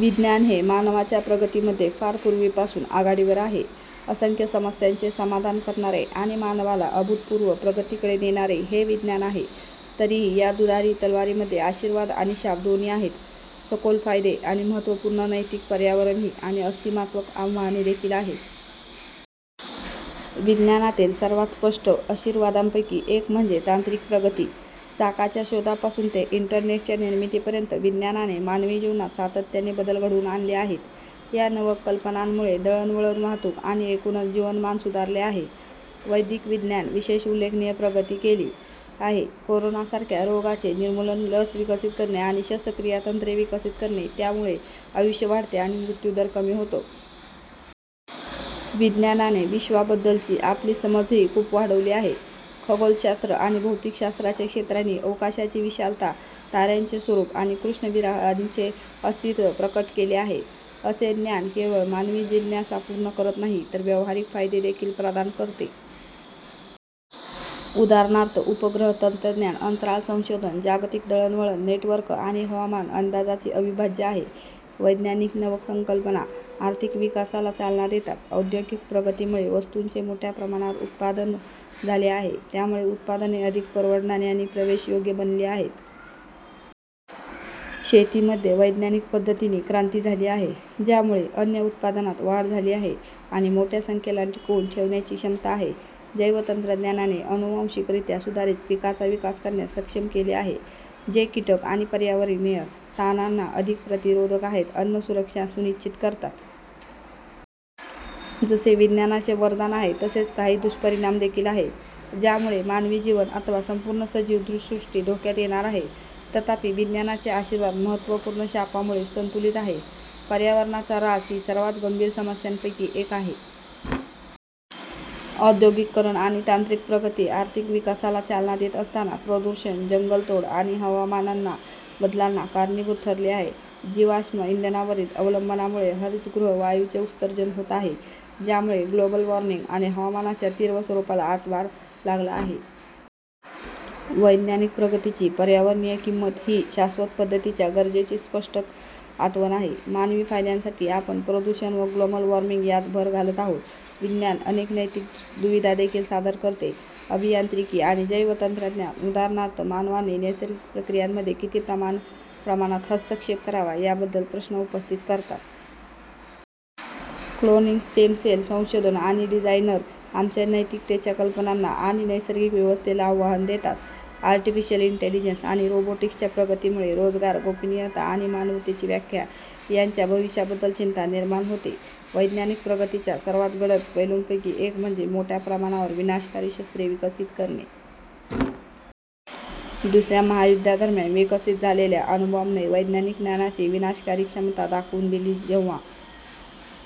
विज्ञान हे मानवाच्या प्रगतीमध्ये फार पूर्वीपासून आघाडीवर आहे, असंख्य समस्यांचे समाधान करणारे आणि मानवाला अभूतपूर्व प्रगतीकडे नेणारे हे विज्ञान आहे. तरीही, या दुधारी तलवारीमध्ये आशीर्वाद आणि शाप दोन्ही आहेत, सखोल फायदे आहेत आणि महत्त्वपूर्ण नैतिक, पर्यावरणीय आणि अस्तित्वात्मक आव्हाने देखील आहेत. विज्ञानातील सर्वात स्पष्ट आशीर्वादांपैकी एक म्हणजे तांत्रिक प्रगती. चाकाच्या शोधापासून ते इंटरनेटच्या निर्मितीपर्यंत विज्ञानाने मानवी जीवनात सातत्याने बदल घडवून आणले आहेत. या नवकल्पनांमुळे दळणवळण, वाहतूक आणि एकूणच जीवनमान सुधारले आहे. वैद्यकीय विज्ञानाने, विशेषतः, उल्लेखनीय प्रगती केली आहे, कोरोना सारख्या रोगांचे निर्मूलन, लस विकसित करणे आणि शस्त्रक्रिया तंत्रे विकसित करणे, ज्यामुळे आयुष्य वाढते आणि मृत्यू दर कमी होतो. विज्ञानाने विश्वाबद्दलची आपली समजही खूप वाढवली आहे. खगोलशास्त्र आणि भौतिकशास्त्राच्या क्षेत्रांनी अवकाशाची विशालता, ताऱ्यांचे स्वरूप आणि कृष्णविवरांचे अस्तित्व प्रकट केले आहे. असे ज्ञान केवळ मानवी जिज्ञासा पूर्ण करत नाही तर व्यावहारिक फायदे देखील प्रदान करते. उदाहरणार्थ, उपग्रह तंत्रज्ञान अंतराळ संशोधन, जागतिक दळणवळण नेटवर्क आणि हवामान अंदाजासाठी अविभाज्य आहे. वैज्ञानिक नवकल्पना आर्थिक विकासाला चालना देतात. औद्योगिक प्रगतीमुळे वस्तूंचे मोठ्या प्रमाणावर उत्पादन झाले आहे, ज्यामुळे उत्पादने अधिक परवडणारी आणि प्रवेशयोग्य बनली आहेत. शेतीमध्ये वैज्ञानिक पद्धतींनी क्रांती झाली आहे, ज्यामुळे अन्न उत्पादनात वाढ झाली आहे आणि मोठ्या लोकसंख्येला टिकवून ठेवण्याची क्षमता आहे. जैवतंत्रज्ञानाने अनुवांशिकरित्या सुधारित पिकांचा विकास करण्यास सक्षम केले आहे, जे कीटक आणि पर्यावरणीय ताणांना अधिक प्रतिरोधक आहेत, अन्न सुरक्षा सुनिश्चित करतात. जसे विज्ञानाचे वरदान आहे तसेच काही दुष्परिणाम देखील आहेत, ज्यामुळे मानवी जीवन अथवा संपूर्ण सजीव सृष्टी धोक्यात येणार आहे, तथापि, विज्ञानाचे आशीर्वाद महत्त्वपूर्ण शापांमुळे संतुलित आहेत. पर्यावरणाचा ऱ्हास ही सर्वात गंभीर समस्यांपैकी एक आहे. औद्योगिकीकरण आणि तांत्रिक प्रगती, आर्थिक विकासाला चालना देत असताना, प्रदूषण, जंगलतोड आणि हवामान बदलांना कारणीभूत ठरले आहे. जीवाश्म इंधनावरील अवलंबनामुळे हरितगृह वायूंचे उत्सर्जन होत आहे, ज्यामुळे ग्लोबल वॉर्मिंग आणि हवामानाच्या तीव्र स्वरूपाला हातभार लागला आहे. वैज्ञानिक प्रगतीची पर्यावरणीय किंमत ही शाश्वत पद्धतींच्या गरजेची स्पष्ट आठवण आहे. मानवी फायद्यांसाठी आपण प्रदूषण व ग्लोबल वॉर्मिंग यात भर घालत आहोत. विज्ञान अनेक नैतिक दुविधा देखील सादर करते. अभियांत्रिकी आणि जैवतंत्रज्ञान, उदाहरणार्थ, मानवाने नैसर्गिक प्रक्रियांमध्ये किती प्रमाणात हस्तक्षेप करावा याबद्दल प्रश्न उपस्थित करतात. क्लोनिंग, स्टेम सेल संशोधन आणि डिझायनर, आमच्या नैतिकतेच्या कल्पनांना आणि नैसर्गिक व्यवस्थेला आव्हान देतात. आर्टिफिशियल इंटेलिजन्स आणि रोबोटिक्सच्या प्रगतीमुळे रोजगार, गोपनीयता आणि मानवतेची व्याख्या यांच्या भविष्याबद्दल चिंता निर्माण होते. वैज्ञानिक प्रगतीच्या सर्वात गडद पैलूंपैकी एक म्हणजे मोठ्या प्रमाणावर विनाशकारी शस्त्रे विकसित करणे. दुसऱ्या महायुद्धादरम्यान विकसित झालेल्या अणुबॉम्बने वैज्ञानिक ज्ञानाची विनाशकारी क्षमता दाखवून दिली जेव्हा